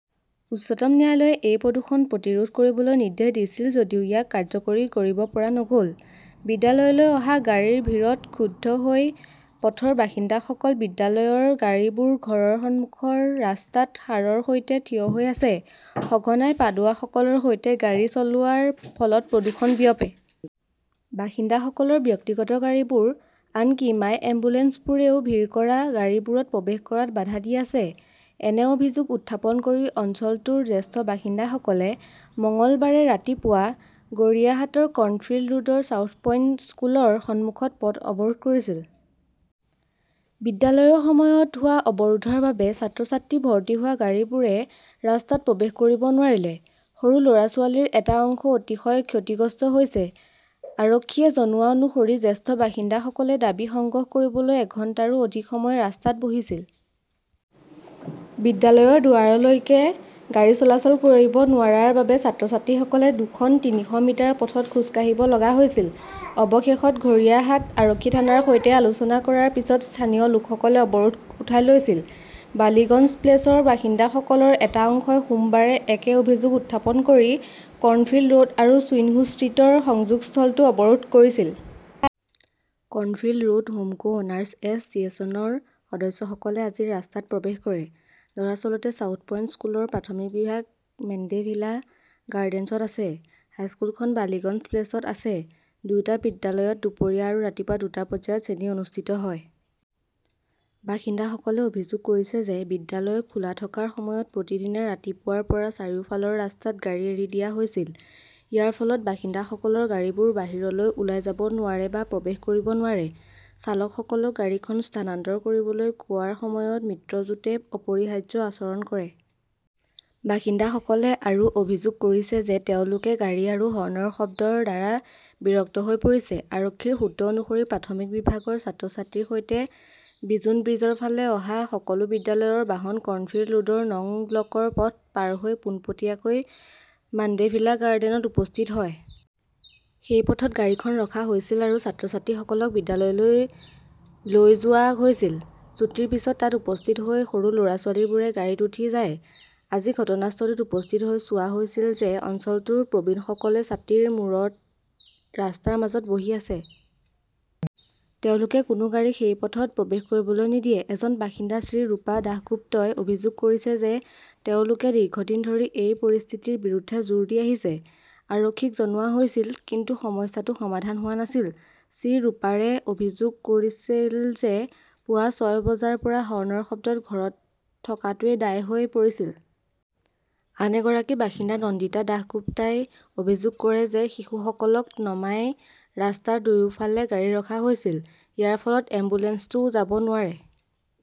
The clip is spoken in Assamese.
উচ্চতম ন্যায়ালয়ে এই প্ৰদূষণ প্ৰতিৰোধ কৰিবলৈ নিৰ্দেশ দিছিল যদিও ইয়াক কাৰ্যকৰী কৰিব পৰা নগ'ল। বিদ্যালয়লৈ অহা গাড়ীৰ ভিৰত ক্ষুব্ধ হৈ পথৰ বাসিন্দাসকল বিদ্যালয়ৰ গাড়ীবোৰ ঘৰৰ সন্মুখৰ ৰাস্তাত সাৰৰ সৈতে থিয় হৈ আছে। সঘনাই পাডুৱাসকলৰ সৈতে গাড়ী চলোৱাৰ ফলত প্ৰদূষণ বিয়পে। বাসিন্দাসকলৰ ব্যক্তিগত গাড়ীবোৰ, আনকি মাই এম্বুলেন্সবোৰেও ভিৰ কৰা গাড়ীবোৰত প্ৰৱেশ কৰাত বাধা দি আছে। এনে অভিযোগ উত্থাপন কৰি অঞ্চলটোৰ জ্যেষ্ঠ বাসিন্দাসকলে মঙলবাৰে ৰাতিপুৱা গড়িয়াহাটৰ কৰ্ণফিল্ড ৰোডৰ চাউথ পইণ্ট স্কুলৰ সন্মুখত পথ অৱৰোধ কৰিছিল। বিদ্যালয়ৰ সময়ত হোৱা অৱৰোধৰ বাবে ছাত্ৰ-ছাত্ৰী ভৰ্তি হোৱা গাড়ীবোৰে ৰাস্তাত প্ৰৱেশ কৰিব নোৱাৰিলে। সৰু ল'ৰা-ছোৱালীৰ এটা অংশ অতিশয় ক্ষতিগ্ৰস্ত হৈছে। আৰক্ষীয়ে জনোৱা অনুসৰি জ্যেষ্ঠ বাসিন্দাসকলে দাবী সংগ্ৰহ কৰিবলৈ এঘণ্টাৰো অধিক সময় ৰাস্তাত বহিছিল। বিদ্যালয়ৰ দুৱাৰলৈকে গাড়ী চলাচল কৰিব নোৱাৰাৰ বাবে ছাত্ৰ-ছাত্ৰীসকলে দুখন, তিনিশ মিটাৰ পথত খোজ কাঢ়িব লগা হৈছিল। অৱশেষত ঘৰিয়াহাট আৰক্ষী থানাৰ সৈতে আলোচনা কৰাৰ পিছত স্থানীয় লোকসকলে অৱৰোধ উঠাই লৈছিল। বালিগঞ্জ প্লেচৰ বাসিন্দাসকলৰ এটা অংশই সোমবাৰে একে অভিযোগ উত্থাপন কৰি কৰ্ণফিল্ড ৰোড আৰু ছুইনহো ষ্ট্ৰীটৰ সংযোগস্থলটো অৱৰোধ কৰিছিল। Cornfield Road Home co owners এছ চিয়েশ্যনৰ সদস্যসকলে আজি ৰাস্তাত প্ৰৱেশ কৰে। দৰাচলতে, চাউথ পইণ্ট স্কুলৰ প্ৰাথমিক বিভাগ মেণ্ডেভিলা গাৰ্ডেনছত আছে। হাইস্কুলখন বালিগঞ্জ প্লেচত আছে। দুয়োটা বিদ্যালয়ত দুপৰীয়া আৰু ৰাতিপুৱা দুটা পৰ্যায়ত শ্ৰেণী অনুষ্ঠিত হয়। বাসিন্দাসকলে অভিযোগ কৰিছে যে বিদ্যালয় খোলা থকাৰ সময়ত প্ৰতিদিনে ৰাতিপুৱাৰ পৰা চাৰিওফালৰ ৰাস্তাত গাড়ী এৰি দিয়া হৈছিল। ইয়াৰ ফলত বাসিন্দাসকলৰ গাড়ীবোৰ বাহিৰলৈ ওলাই যাব নোৱাৰে বা প্ৰৱেশ কৰিব নোৱাৰে। চালকসকলক গাড়ীখন স্থানান্তৰ কৰিবলৈ কোৱাৰ সময়ত মিত্ৰজোটে অপৰিহাৰ্য আচৰণ কৰে। বাসিন্দাসকলে আৰু অভিযোগ কৰিছে যে তেওঁলোকে গাড়ী আৰু হৰ্ণৰ শব্দৰ দ্বাৰা বিৰক্ত হৈ পৰিছে। আৰক্ষীৰ সূত্ৰ অনুসৰি, প্ৰাথমিক বিভাগৰ ছাত্ৰ-ছাত্ৰীৰ সৈতে বিজোন ব্ৰীজৰ ফালে অহা সকলো বিদ্যালয়ৰ বাহন কৰ্ণফিল্ড ৰোডৰ নং ব্লকৰ পথ পাৰ হৈ পোনপটীয়াকৈ মাণ্ডেভিলা গাৰ্ডেনত উপস্থিত হয়। সেই পথত গাড়ীখন ৰখা হৈছিল আৰু ছাত্ৰ-ছাত্ৰীসকলক বিদ্যালয়লৈ লৈ যোৱা হৈছিল। ছুটীৰ পিছত তাত উপস্থিত হৈ সৰু ল'ৰা-ছোৱালীবোৰে গাড়ীত উঠি যায়। আজি ঘটনাস্থলীত উপস্থিত হৈ চোৱা হৈছিল যে অঞ্চলটোৰ প্ৰবীণসকলে ছাতিৰ মূৰত ৰাস্তাৰ মাজত বহি আছে। তেওঁলোকে কোনো গাড়ীক সেই পথত প্ৰৱেশ কৰিবলৈ নিদিয়ে। এজন বাসিন্দা শ্ৰীৰুপা দাসগুপ্তই অভিযোগ কৰিছে যে তেওঁলোকে দীৰ্ঘদিন ধৰি এই পৰিস্থিতিৰ বিৰুদ্ধে জোৰ দি আহিছে। আৰক্ষীক জনোৱা হৈছিল। কিন্তু সমস্যাটো সমাধান হোৱা নাছিল। শ্ৰীৰুপাৰে অভিযোগ কৰিছিল যে পুৱা ছয় বজাৰ পৰা হৰ্নৰ শব্দত ঘৰত থকাটোৱেই দায় হৈ পৰিছিল। আন এগৰাকী বাসিন্দা নন্দিতা দাসগুপ্তাই অভিযোগ কৰে যে শিশুসকলক নামাই ৰাস্তাৰ দুয়োফালে গাড়ী ৰখা হৈছিল। ইয়াৰ ফলত এম্বুলেন্সটোও যাব নোৱাৰে।